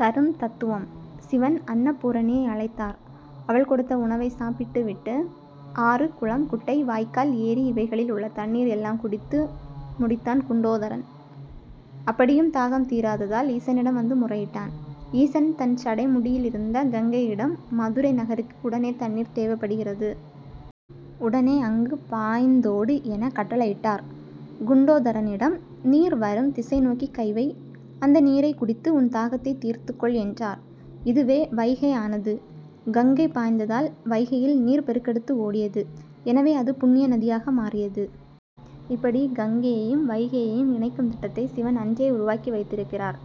தரும் தத்துவம். சிவன் அன்னபூரணியை அழைத்தார். அவள் கொடுத்த உணவை சாப்பிட்டு விட்டு ஆறு குளம் குட்டை வாய்க்கால் ஏரி இவைகளில் உள்ள தண்ணீர் எல்லாம் குடித்து முடித்தான் குண்டோதரன். அப்படியும் தாகம் தீராததால் ஈசனிடம் வந்து முறையிட்டான். ஈசன் தன் சடை முடியிலிருந்த கங்கையிடம் மதுரை நகருக்கு உடனே தண்ணீர் தேவைப்படுகிறது. உடனே அங்கு பாய்ந்தோடு என கட்டளையிட்டார். குண்டோதரனிடம் நீர் வரும் திசைநோக்கி கை வை. அந்த நீரை குடித்து உன் தாகத்தை தீர்த்து கொள் என்றார். இதுவே வைகை ஆனது. கங்கை பாய்ந்ததால் வைகையில் நீர் பெருக்கெடுத்து ஓடியது. எனவே அது புண்ணிய நதியாக மாறியது. இப்படி கங்கையையும் வைகையையும் இணைக்கும் திட்டத்தை சிவன் அன்றே உருவாக்கி வைத்திருக்கிறார்.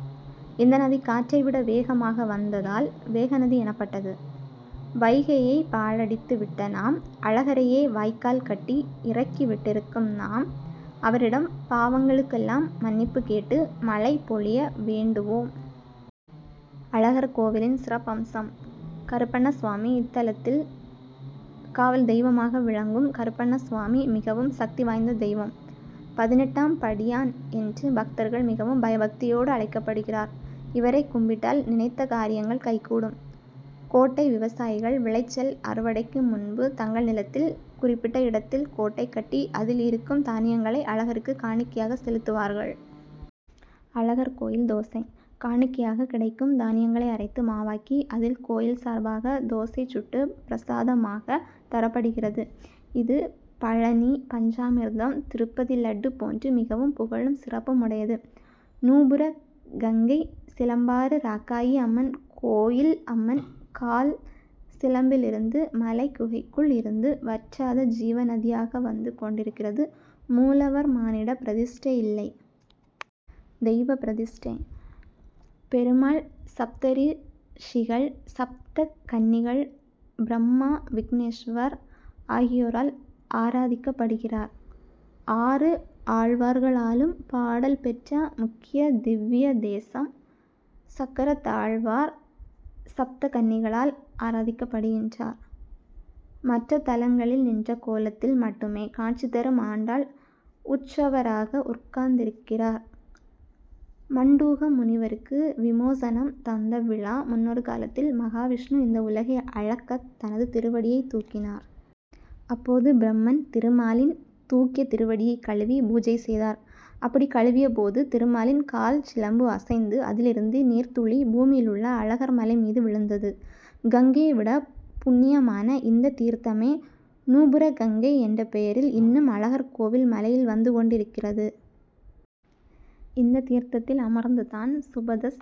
இந்த நதி காற்றை விட வேகமாக வந்ததால் வேகவதி எனப்பட்டது. வைகையை பாழடித்து விட்ட நாம் அழகரையே வாய்க்கால் கட்டி இறக்கி விட்டிருக்கும் நாம் அவரிடம் பாவங்களுக்கெல்லாம் மன்னிப்பு கேட்டு மழை பொழிய வேண்டுவோம். அழகர்கோவிலின் சிறப்பம்சம் கருப்பண்ணசுவாமி இத்தலத்தில் காவல் தெய்வமாக விளங்கும் கருப்பண்ணசுவாமி மிகவும் சக்தி வாய்ந்த தெய்வம். பதினெட்டாம்படியான் என்று பக்தர்கள் மிகவும் பயபக்தியோடு அழைக்கப்படுகிறார். இவரை கும்பிட்டால் நினைத்த காரி யங்கள் கைகூடும். கோட்டை விவசாயிகள் விளைச்சல் அறுவடைக்கு முன்பு தங்கள் நிலத்தில் குறிப்பிட்ட இடத்தில் கோட்டை கட்டி அதில் இருக்கும் தானியங்களை அழகருக்கு காணிக்கையாக செலுத்துவார்கள். அழகர் கோயில் தோசை காணிக்கையாகக் கிடைக்கும் தானியங்களை அரைத்து மாவாக்கி அதில் கோயில் சார்பாக தோசை சுட்டு பிரசாதமாகத் தரப்படுகிறது. இது பழநி பஞ்சாமிர்தம் திருப்பதி லட்டு போன்று மிகவும் புகழும் சிறப்பும் உடையது. நூபுர கங்கை சிலம்பாறு ராக்காயி அம்மன் கோயில் அம்மன் கால் சிலம்பிலிருந்து மலைக்குகைக்குள் இருந்து வற்றாத ஜீவ நதியாக வந்து கொண்டிருக்கிறது மூலவர் மானிட பிரதிஷ்டை இல்லை. தெய்வ பிரதிஷ்டை. பெருமாள் சப்தரி ஷிகள் சப்த கன்னிகள் பிரம்மா விக்னேஷ்வர் ஆகியோரால் ஆராதிக்கப்படுகிறார். ஆறு ஆழ்வார்களாலும் பாடல் பெற்ற முக்கிய திவ்ய தேசம் சக்கரத்தாழ்வார் சப்த கன்னிகளால் ஆராதிக்கப்படுகின்றார். மற்ற தலங்களில் நின்ற கோலத்தில் மட்டுமே காட்சி தரும் ஆண்டாள் உற்சவராக உட்கார்ந்திருக்கிறார். மண்டூக முனிவருக்கு விமோசனம் தந்த விழா முன்னொரு காலத்தில் மகாவிஷ்ணு இந்த உலகை அளக்க தனது திருவடியை தூக்கினார். அப்போது பிரம்மன் திருமாலின் தூக்கிய திருவடியை கழுவி பூஜை செய்தார். அப்படி கழுவிய போது திருமாலின் கால்சிலம்பு அசைந்து அதிலிருந்து நீர்த்துளி பூமியிலுள்ள அழகர்மலை மீது விழுந்தது. கங்கையை விட புண்ணியமான இந்த தீர்த்தமே நூபுர கங்கை என்ற பெயரில் இன்னும் அழகர் கோவில் மலையில் வந்து கொண்டிருக்கிறது. இந்த தீர்த்தத்தில் அமர்ந்து தான் சுபதஸ்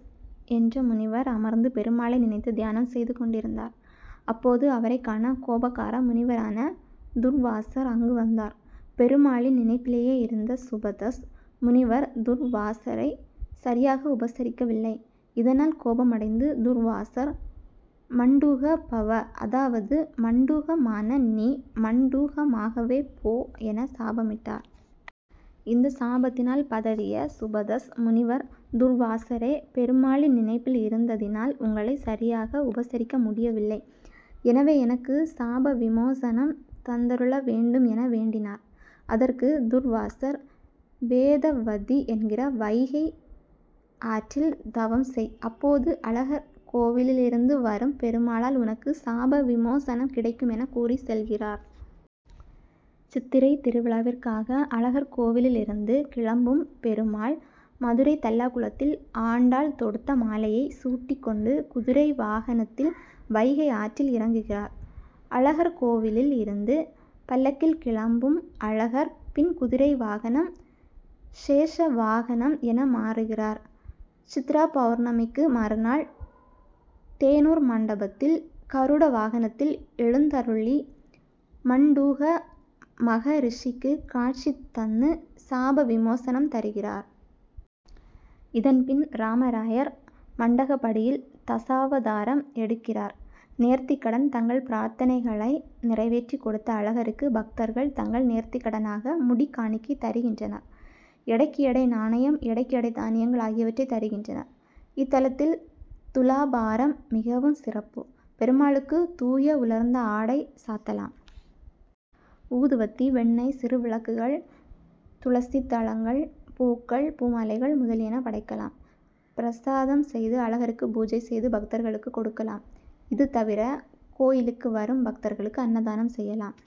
என்ற முனிவர் அமர்ந்து பெருமாளை நினைத்து தியானம் செய்து கொண்டிருந் தார். அப்போது அவரைக்காண கோபக்கார முனிவரான துர்வாசர் அங்கு வந்தார். பெருமாளின் நினைப்பிலேயே இருந்த சுபதஸ் முனிவர் துர்வாசரை சரியாக உபசரிக்கவில்லை. இதனால் கோபமடைந்து துர்வாசர் மண்டூக பவ அதாவது மண்டூகமான நீ மண்டூகமாகவே போ என சாபமிட்டார். இந்த சாபத்தினால் பதறிய சுபதஸ் முனிவர் துர்வாசரே பெருமாளின் நினைப்பில் இருந்ததினால் உங்களை சரியாக உபசரிக்க முடியவில்லை எனவே எனக்கு சாபவிமோசனம் தந்தருள வேண்டும் என வேண்டினார். அதற்கு துர்வாசர் வேதவதி என்கிற வைகை ஆற்றில் தவம் செய். அப்போது அழகர்கோவிலிலிருந்து வரும் பெருமாளால் உனக்கு சாபவிமோசனம் கிடைக்கும் என கூறி செல்கிறார். சித்திரை திருவிழாவிற்காக அழகர்கோவிலிலிருந்து கிளம்பும் பெருமாள் மதுரை தல்லாகுளத்தில் ஆண்டாள் தொடுத்த மாலையை சூட்டிக்கொண்டு குதிரை வாகனத்தில் வைகை ஆற்றில் இறங்குகிறார். அழகர்கோவிலில் இருந்து பல்லக்கில் கிளம்பும் அழகர் பின் குதிரை வாகனம் சேஷவாகனம் என மாறுகிறார். சித்ராபவுர்ணமிக்கு மறுநாள் தேனூர் மண்டபத்தில் கருட வாகனத்தில் எழுந்தருளி மண்டூக மகரிஷிக்கு காட்சி தந்து சாபவிமோசனம் தருகிறார். இதன் பின் ராமராயர் மண்டகப்படியில் தசாவதாரம் எடுக்கிறார். நேர்த்திக்கடன் தங்கள் பிரார்த்தனைகளை நிறைவேற்றி கொடுத்த அழகருக்கு பக்தர்கள் தங்கள் நேர்த்திக்கடனாக முடிக்காணிக்கை தருகின்றனர். எடைக்கு எடை நாணயம் எடைக்கு எடை தானியங்கள் ஆகியவற்றை தருகின்றனர். இத்தலத்தில் துலாபாரம் மிகவும் சிறப்பு. பெருமாளுக்கு தூய உலர்ந்த ஆடை சாத்தலாம். ஊதுவத்தி வெண்ணெய் சிறு விளக்குகள் துளசி தளங்கள் பூக்கள் பூமாலைகள் முதலியன படைக்கலாம். பிரசாதம் செய்து அழகருக்கு பூஜை செய்து பக்தர்களுக்கு கொடுக்கலாம். இது தவிர கோயிலுக்கு வரும் பக்தர்களுக்கு அன்னதானம் செய்யலாம்.